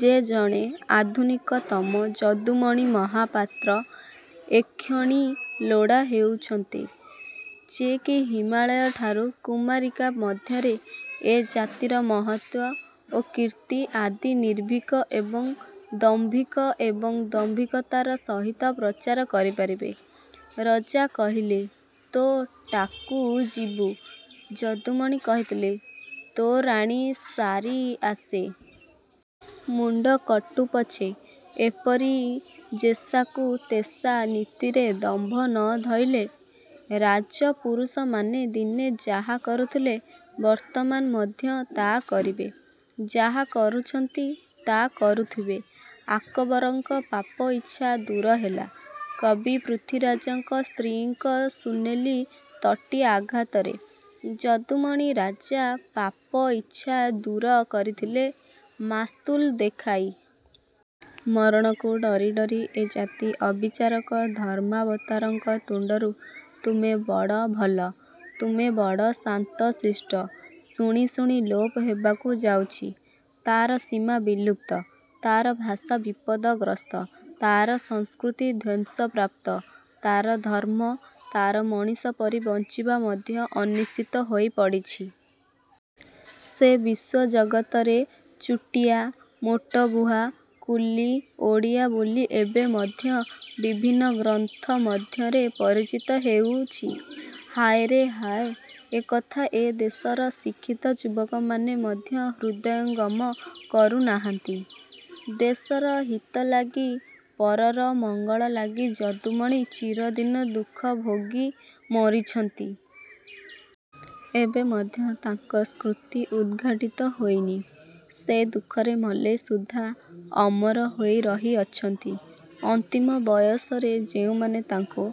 ଯେ ଜଣେ ଆଧୁନିକତମ ଯଦୁମଣି ମହାପାତ୍ର ଏକ୍ଷଣି ଲୋଡ଼ା ହେଉଛନ୍ତି-ଯେ କି ହିମାଳୟଠାରୁ କୁମାରିକା ମଧ୍ୟରେ ଏ ଜାତିର ମହତ୍ୱ ଓ କୀର୍ତ୍ତି ଆଦି ନିର୍ଭୀକ ଏବଂ ଦମ୍ଭୀକ ଏବଂ ଦାମ୍ଭୀକତାର ସହିତ ପ୍ରଚାର କରିପାରିବେ। ରଜା କହିଲେ 'ତୋ' ଟାକୁ ଯିବୁ-ଯଦୁମଣି କହିଥିଲେ-'ତୋ ରାଣୀ' ସାରି ଆସେ। ମୁଣ୍ଡ କଟୁପଛେ ଏପରି ଯେସାକୁ ତେସା ନୀତିରେ ଦମ୍ଭ ନ ଧଇଲେ, ରାଜପୁରୁଷମାନେ ଦିନେ ଯାହା କରୁଥିଲେ ବର୍ତ୍ତମାନ ମଧ୍ୟ ତା କରିବେ। ଯାହା କରୁଛନ୍ତି ତା କରୁଥିବେ। ଆକବରଙ୍କ ପାପ ଇଚ୍ଛା ଦୂରହେଲା, କବି ପୃଥ୍ୱୀରାଜଙ୍କ ସ୍ତ୍ରୀଙ୍କ ସୁନେଲି ତଟି ଆଘାତରେ। ଯଦୁମଣି ରାଜା ପାପ ଇଚ୍ଛା ଦୂର କରିଥିଲେ- ମାସ୍ତୁଲ ଦେଖାଇ। ମରଣକୁ ଡରି ଡରି ଏ ଜାତି ଅବିଚାରକ ଧର୍ମାବତାରଙ୍କ ତୁଣ୍ଡରୁ 'ତୁମେ ବଡ଼ ଭଲ, ତୁମେ ବଡ଼ ଶାନ୍ତ ଶିଷ୍ଟ' ଶୁଣି ଶୁଣି ଲୋପ ହେବାକୁ ଯାଉଛି। ତାର ସୀମା ବିଲୁପ୍ତ, ତାର ଭାଷା ବିପଦଗ୍ରସ୍ତ, ତାର ସଂସ୍କୃତି ଧ୍ୱଂସପ୍ରାପ୍ତ, ତାର ଧର୍ମ୍ମ, ତାର ମଣିଷ ପରି ବଞ୍ଚିବା ମଧ୍ୟ ଅନିଶ୍ଚିତ ହୋଇପଡ଼ିଛି। ସେ ବିଶ୍ୱଜଗତରେ ଚୁଟିଆ, ମୋଟବୁହା, କୁଲି ଓଡ଼ିଆ ବୋଲି ଏବେ ମଧ୍ୟ ବିଭିନ୍ନ ଗ୍ରନ୍ଥ ମଧ୍ୟରେ ପରିଚିତ ହେଉଛି। ହାୟରେ ହାୟ, ଏ କଥା ଏ ଦେଶର ଶିକ୍ଷତ ଯୁବକମାନେ ମଧ୍ୟ ହୃଦୟଙ୍ଗମ କରୁନାହାନ୍ତି-। ଦେଶର ହିତ ଲାଗି, ପରର ମଙ୍ଗଳ ଲାଗି ଯଦୁମଣି ଚିରଦିନ ଦୁଃଖ ଭୋଗି ମରିଛନ୍ତି-। ଏବେ ମଧ୍ୟ ତାଙ୍କ ସ୍କୃତି ଉଦ୍ଘାଟିତ ହୋଇନି। ସେ ଦୁଃଖରେ ମଲେ ସୁଦ୍ଧା ଅମର ହୋଇ ରହିଅଛନ୍ତି। ଅନ୍ତିମ ବୟସରେ ଯେଉଁମାନେ ତାଙ୍କୁ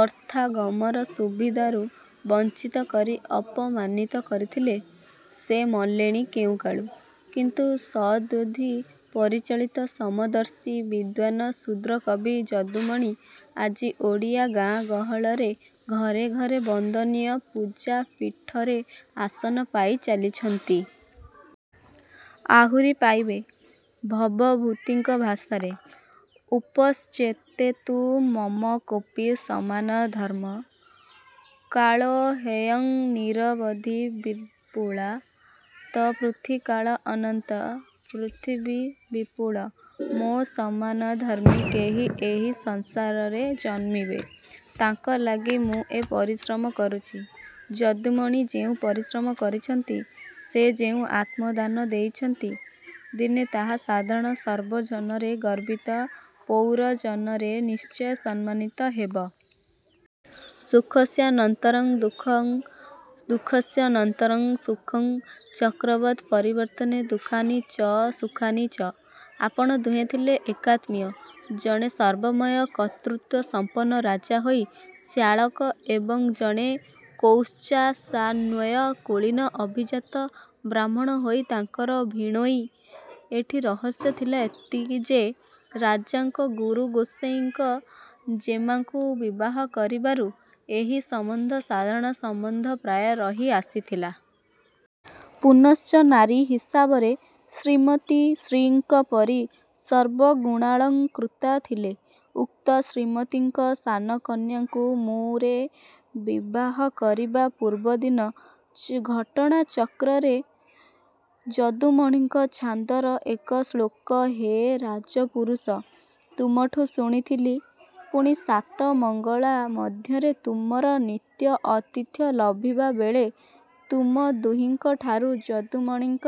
ଅର୍ଥାଗମର ସୁବିଧାରୁ ବଞ୍ଚିତ କରି ଅପମାନିତ କରିଥିଲେ, ସେ ମଲେଣି କେଉଁକାଳୁ, କିନ୍ତୁ ସଦ୍ବୁଦ୍ଧି ପରିଚାଳିତ ସମଦର୍ଶୀ ବିଦ୍ୱାନ ଶୁଦ୍ରକବି ଯଦୁମଣି ଆଜି ଓଡ଼ିଆ ଗାଁ ଗହଳରେ ଘରେ ଘରେ ବନ୍ଦନୀୟ ପୂଜାପୀଠରେ ଆସନ ପାଇ ଚାଲିଛନ୍ତି। ଆହୁରି ପାଇବେ। ଭବଭୂତିଙ୍କ ଭାଷାରେ- ଉପତ୍ସ୍ୟତେତୁ ମମକୋପି ସମାନ ଧର୍ମ୍ମ। କାଳୋ ହ୍ୟୟଂ ନିରବଧିର୍ବିପୂଳା ତ ପୃଥ୍ୱୀ କାଳ ଅନନ୍ତ, ପୃଥିବୀ ବିପୁଳ, ମୋ ସମାନ ଧର୍ମ୍ମୀ କେହି ଏହି ସଂସାରରେ ଜନ୍ମିବେ। ତାଙ୍କ ଲାଗି ମୁଁ ଏ ପରିଶ୍ରମ କରୁଛି। ଯଦୁମଣି ଯେଉଁ ପରିଶ୍ରମ କରିଛନ୍ତି, ସେ ଯେଉଁ ଆତ୍ମଦାନ ଦେଇଛନ୍ତି, ଦିନେ ତାହା ସାଧାରଣ ସର୍ବଜନରେ ଗର୍ବିତ ପୌରଜନରେ ନିଶ୍ଚୟ ସମ୍ମାନିତ ହେବ। ସୁଖସ୍ୟାନନ୍ତରଂ ଦୁଃଖଂ ଦୁଃଖସ୍ୟ ନନ୍ତରଂ ସୁଖଂ ଚକ୍ରବତ୍ ପରିବର୍ତ୍ତନେ ଦୁଃଖାନି ଚ ସୁଖାନି ଚ। ଆପଣ ଦୁହେଁ ଥିଲେ ଏକାତ୍ମୀୟ। ଜଣେ ସର୍ବମୟ କର୍ତ୍ତୃତ୍ୱସଂପନ୍ନ ରାଜା ହୋଇ ଶ୍ୟାଳକ ଏବଂ ଜଣେ କୌତ୍ସସାନ୍ୱୟ କୁଳୀନ ଅଭିଜାତ ବ୍ରାହ୍ମଣ ହୋଇ ତାଙ୍କର ଭିଣୋଇଁ। ଏଠି ରହସ୍ୟ ଥିଲା ଏତିକି ଯେ ରାଜାଙ୍କ ଗୁରୁଗୋସେଇଁଙ୍କ ଜେମାଙ୍କୁ ବିବାହକରିବାରୁ ଏହି ସମ୍ବନ୍ଧ ସାଧାରଣ ସମ୍ବନ୍ଧ ପ୍ରାୟ ରହି ଆସିଥିଲା। ପୁନଶ୍ଚ ନାରୀ ହିସାବରେ 'ଶ୍ରୀମତୀ' ଶ୍ରୀଙ୍କ ପରି ସର୍ବଗୁଣାଳଂକୃତା ଥିଲେ। ଉକ୍ତ ଶ୍ରୀମତୀଙ୍କ ସାନ କନ୍ୟାଙ୍କୁ ମୁଁ ରେ ବିବାହ କରିବା ପୂର୍ବଦିନ ଘଟଣାଚକ୍ରରେ ଯଦୁମଣିଙ୍କ ଛାନ୍ଦର ଏକ ଶ୍ଲୋକ ହେ ରାଜପୁରୁଷ! ତୁମଠୁ ଶୁଣିଥିଲି; ପୁଣି ସାତ ମଙ୍ଗଳା ମଧ୍ୟରେ ତୁମର ନିତ୍ୟ ଅତିଥ୍ୟ ଲଭିବାବେଳେ ତୁମ ଦୁହିଁଙ୍କଠାରୁ ଯଦୁମଣିଙ୍କ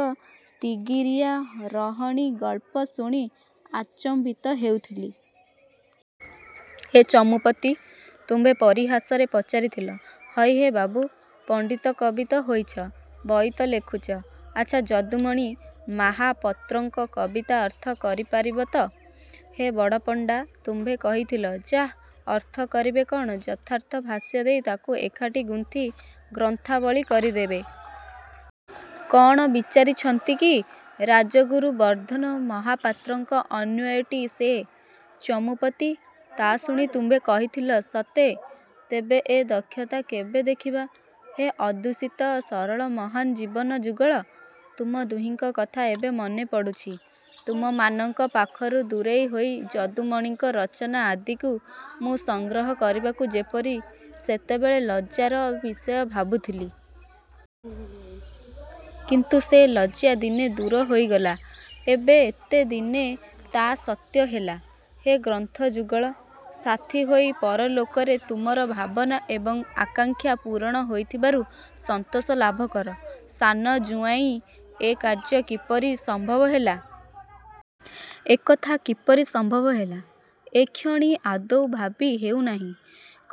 ତିଗିରିଆ ରହଣି ଗଳ୍ପ ଶୁଣି ଆଚମ୍ବିତ ହେଉଥିଲି। ହେ ଚମୁପତି! ତୁମ୍ଭେ ପରିହାସରେ ପଚାରିଥିଲ- 'ହଇହେ ବାବୁ! ପଣ୍ଡିତ, କବି ତ ହୋଇଛ; ବହି ତ ଲେଖୁଛ, ଆଚ୍ଛା ଯଦୁମଣି ମାହାପତ୍ରଙ୍କ କବିତା ଅର୍ଥ କରିପାରିବତ? ହେ ବଡ଼ପଣ୍ଡା! ତୁମ୍ଭେ କହିଥିଲ-'ଯାଃ, ଅର୍ଥ କରିବେ କ'ଣ, ଯଥାର୍ଥ ଭାଷ୍ୟ ଦେଇ ତାକୁ ଏକାଠି ଗୁନ୍ଥି ଗ୍ରନ୍ଥାବଳୀ କରିଦେବେ। କ'ଣ ବିଚାରିଛନ୍ତି କି? ରାଜଗୁରୁ ବର୍ଦ୍ଧନ ମହାପାତ୍ରଙ୍କ ଅନ୍ୱୟଟି ସେ? ' ଚମୂପତି, ତା'ଶୁଣି ତୁମ୍ଭେ କହିଥିଲ-'ସତେ! ତେବେ ଏ ଦକ୍ଷତା କେବେ ଦେଖିବା? ' ହେ ଅଦୂଷିତ ସରଳ ମହାନ ଜୀବନ ଯୁଗଳ! ତୁମ ଦୁହିଙ୍କ କଥା ଏବେ ମନେ ପଡ଼ୁଛି। ତୁମମାନଙ୍କ ପାଖରୁ ଦୂରେଇ ହୋଇ ଯଦୁମଣିଙ୍କ ରଚନା ଆଦିକୁ ମୁଁ ସଂଗ୍ରହ କରିବାକୁ ଯେପରି ସେତେବେଳେ ଲଜ୍ଜାର ବିଷୟ ଭାବୁଥିଲି। କିନ୍ତୁ ସେ ଲଜ୍ଜା ଦିନେ ଦୂର ହୋଇଗଲା। ଏବେ ଏତେ ଦିନେ ତା ସତ୍ୟ ହେଲା। ହେ ଗ୍ରନ୍ଥ ଯୁଗଳ! ସାଥି ହୋଇ ପରଲୋକରେ ତୁମର ଭାବନା ଏବଂ ଆକାଙ୍କ୍ଷା ପୂରଣ ହୋଇଥିବାରୁ ସନ୍ତୋଷ ଲାଭ କର। ସାନ ଜୁଆଁଇ ଏ କାର୍ଯ୍ୟ କିପରି ସମ୍ଭବ ହେଲା? ଏକଥା କିପରି ସମ୍ଭବ ହେଲା, ଏକ୍ଷଣି ଆଦୌ ଭାବି ହେଉ ନାହିଁ।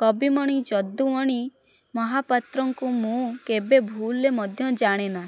କବିମଣି ଯଦୁମଣି ମହାପାତ୍ରଙ୍କୁ ମୁଁ କେବେ ଭୁଲରେ ମଧ୍ୟ ଜାଣେନା।